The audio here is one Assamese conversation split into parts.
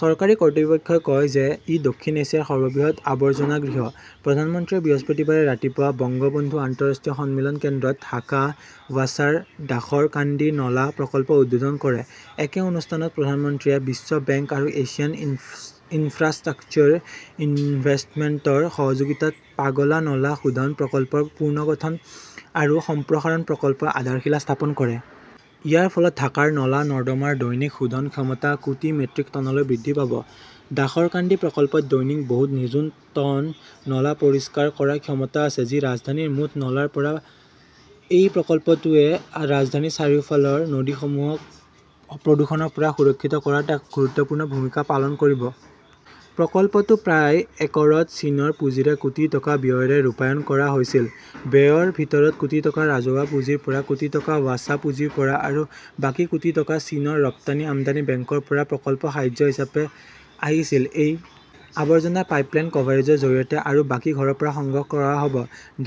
চৰকাৰী কৰ্তৃপক্ষই কয় যে ই দক্ষিণ এছিয়াৰ সৰ্ববৃহৎ আৱৰ্জনাগৃহ। প্ৰধানমন্ত্ৰীয়ে বৃহস্পতিবাৰে ৰাতিপুৱা বঙ্গবন্ধু আন্তঃৰাষ্ট্ৰীয় সন্মিলন কেন্দ্ৰত ঢাকা ৱাছাৰ দাসৰকান্দি নলা প্ৰকল্প উদ্বোধন কৰে। একে অনুষ্ঠানত প্ৰধানমন্ত্ৰীয়ে বিশ্ব বেংক আৰু এছিয়ান ইনফ্ৰাষ্ট্ৰাকচাৰ ইনভেষ্টমেণ্ট ৰ সহযোগিতাত পাগলা নলা শোধন প্ৰকল্পৰ পুনৰ্গঠন আৰু সম্প্ৰসাৰণ প্ৰকল্পৰ আধাৰশিলা স্থাপন কৰে। ইয়াৰ ফলত ঢাকাৰ নলা-নৰ্দমাৰ দৈনিক শোধন ক্ষমতা কোটি মেট্ৰিক টনলৈ বৃদ্ধি পাব। দাসৰকান্দি প্ৰকল্পত দৈনিক বহুত নিযুত টন নলা পৰিষ্কাৰ কৰাৰ ক্ষমতা আছে, যি ৰাজধানীৰ মুঠ নলাৰ ৰ পৰা। এই প্ৰকল্পটোৱে ৰাজধানীৰ চাৰিওফালৰ নদীসমূহক প্ৰদূষণৰ পৰা সুৰক্ষিত কৰাত এক গুৰুত্বপূৰ্ণ ভূমিকা পালন কৰিব। প্ৰকল্পটো প্ৰায় একৰত চীনৰ পুঁজিৰে কোটি টকা ব্যয়েৰে ৰূপায়ণ কৰা হৈছিল। ব্যয়ৰ ভিতৰত কোটি টকা ৰাজহুৱা পুঁজিৰ পৰা, কোটি টকা ৱাছা পুঁজিৰ পৰা আৰু বাকী কোটি টকা চীনৰ ৰপ্তানি-আমদানি বেংকৰ পৰা প্ৰকল্প সাহায্য হিচাপে আহিছিল। এই আৱৰ্জনাৰ পাইপলাইন কভাৰেজৰ জৰিয়তে আৰু বাকী ঘৰৰ পৰা সংগ্ৰহ কৰা হ 'ব।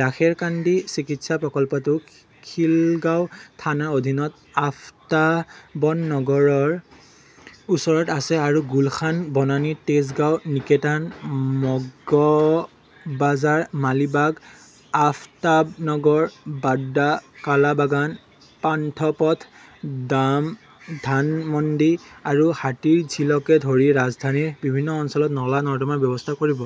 দাশেৰকান্দি চিকিৎসা প্ৰকল্পটো খিলগাঁও থানাৰ অধীনত আফতাবনগৰৰ ওচৰত আছে আৰু গুলশান, বনানী, তেজগাঁও, নিকেতান, মগবাজাৰ, মালিবাগ, আফতাবনগৰ, বাড্ডা, কালাবাগান, পান্থপথ, ধানমন্ডি আৰু হাতীৰঝিলকে ধৰি ৰাজধানীৰ বিভিন্ন অঞ্চলত নলা-নৰ্দমাৰ ব্যৱস্থা কৰিব।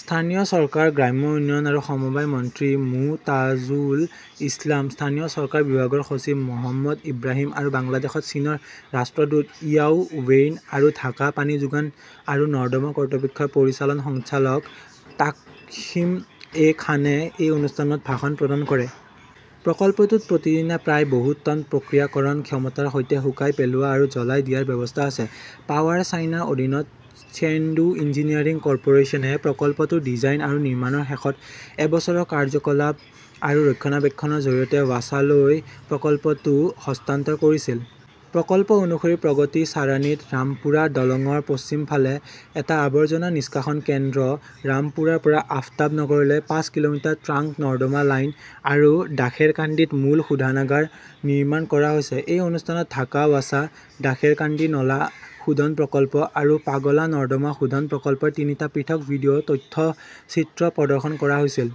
স্থানীয় চৰকাৰ, গ্ৰাম্য উন্নয়ন আৰু সমবায় মন্ত্ৰী মো. তাজুল ইছলাম, স্থানীয় চৰকাৰ বিভাগৰ সচিব মহম্মদ ইব্ৰাহিম আৰু বাংলাদেশত চীনৰ ৰাষ্ট্ৰদূত ইয়াও ৱেইন আৰু ঢাকা পানী যোগান আৰু নৰ্দমা কৰ্তৃপক্ষৰ পৰিচালন সঞ্চালক তাকসিম এ খানে এই অনুষ্ঠানত ভাষণ প্ৰদান কৰে। প্ৰকল্পটোত প্ৰতিদিনে প্ৰায় বহুত টন প্ৰক্ৰিয়াকৰণ ক্ষমতাৰ সৈতে শুকাই পেলোৱা আৰু জ্বলাই দিয়াৰ ব্যৱস্থা আছে। পাৱাৰ চাইনাৰ অধীনত চেংডু ইঞ্জিনিয়াৰিং কৰ্পোৰেচনে প্ৰকল্পটোৰ ডিজাইন আৰু নিৰ্মাণৰ শেষত এবছৰৰ কাৰ্য্যকলাপ আৰু ৰক্ষণাবেক্ষণৰ জৰিয়তে ৱাছালৈ প্ৰকল্পটো হস্তান্তৰ কৰিছিল। প্ৰকল্প অনুসৰি, প্ৰগতি ছাৰানীত ৰামপুৰা দলংৰ পশ্চিম ফালে এটা আৱৰ্জনা নিষ্কাশন কেন্দ্ৰ, ৰামপুৰাৰ পৰা আফতাবনগৰলৈ পাঁচ কিলোমিটাৰ ট্ৰাংক নৰ্দমা লাইন আৰু দাশেৰকাণ্ডীত মূল শোধনাগাৰ নিৰ্মাণ কৰা হৈছে। এই অনুষ্ঠানত ঢাকা ৱাছা, দাশেৰকান্দি নলা শোধন প্ৰকল্প আৰু পাগলা নৰ্দমা শোধন প্ৰকল্পৰ তিনিটা পৃথক ভিডিঅ 'তথ্যচিত্ৰ প্ৰদৰ্শন কৰা হৈছিল।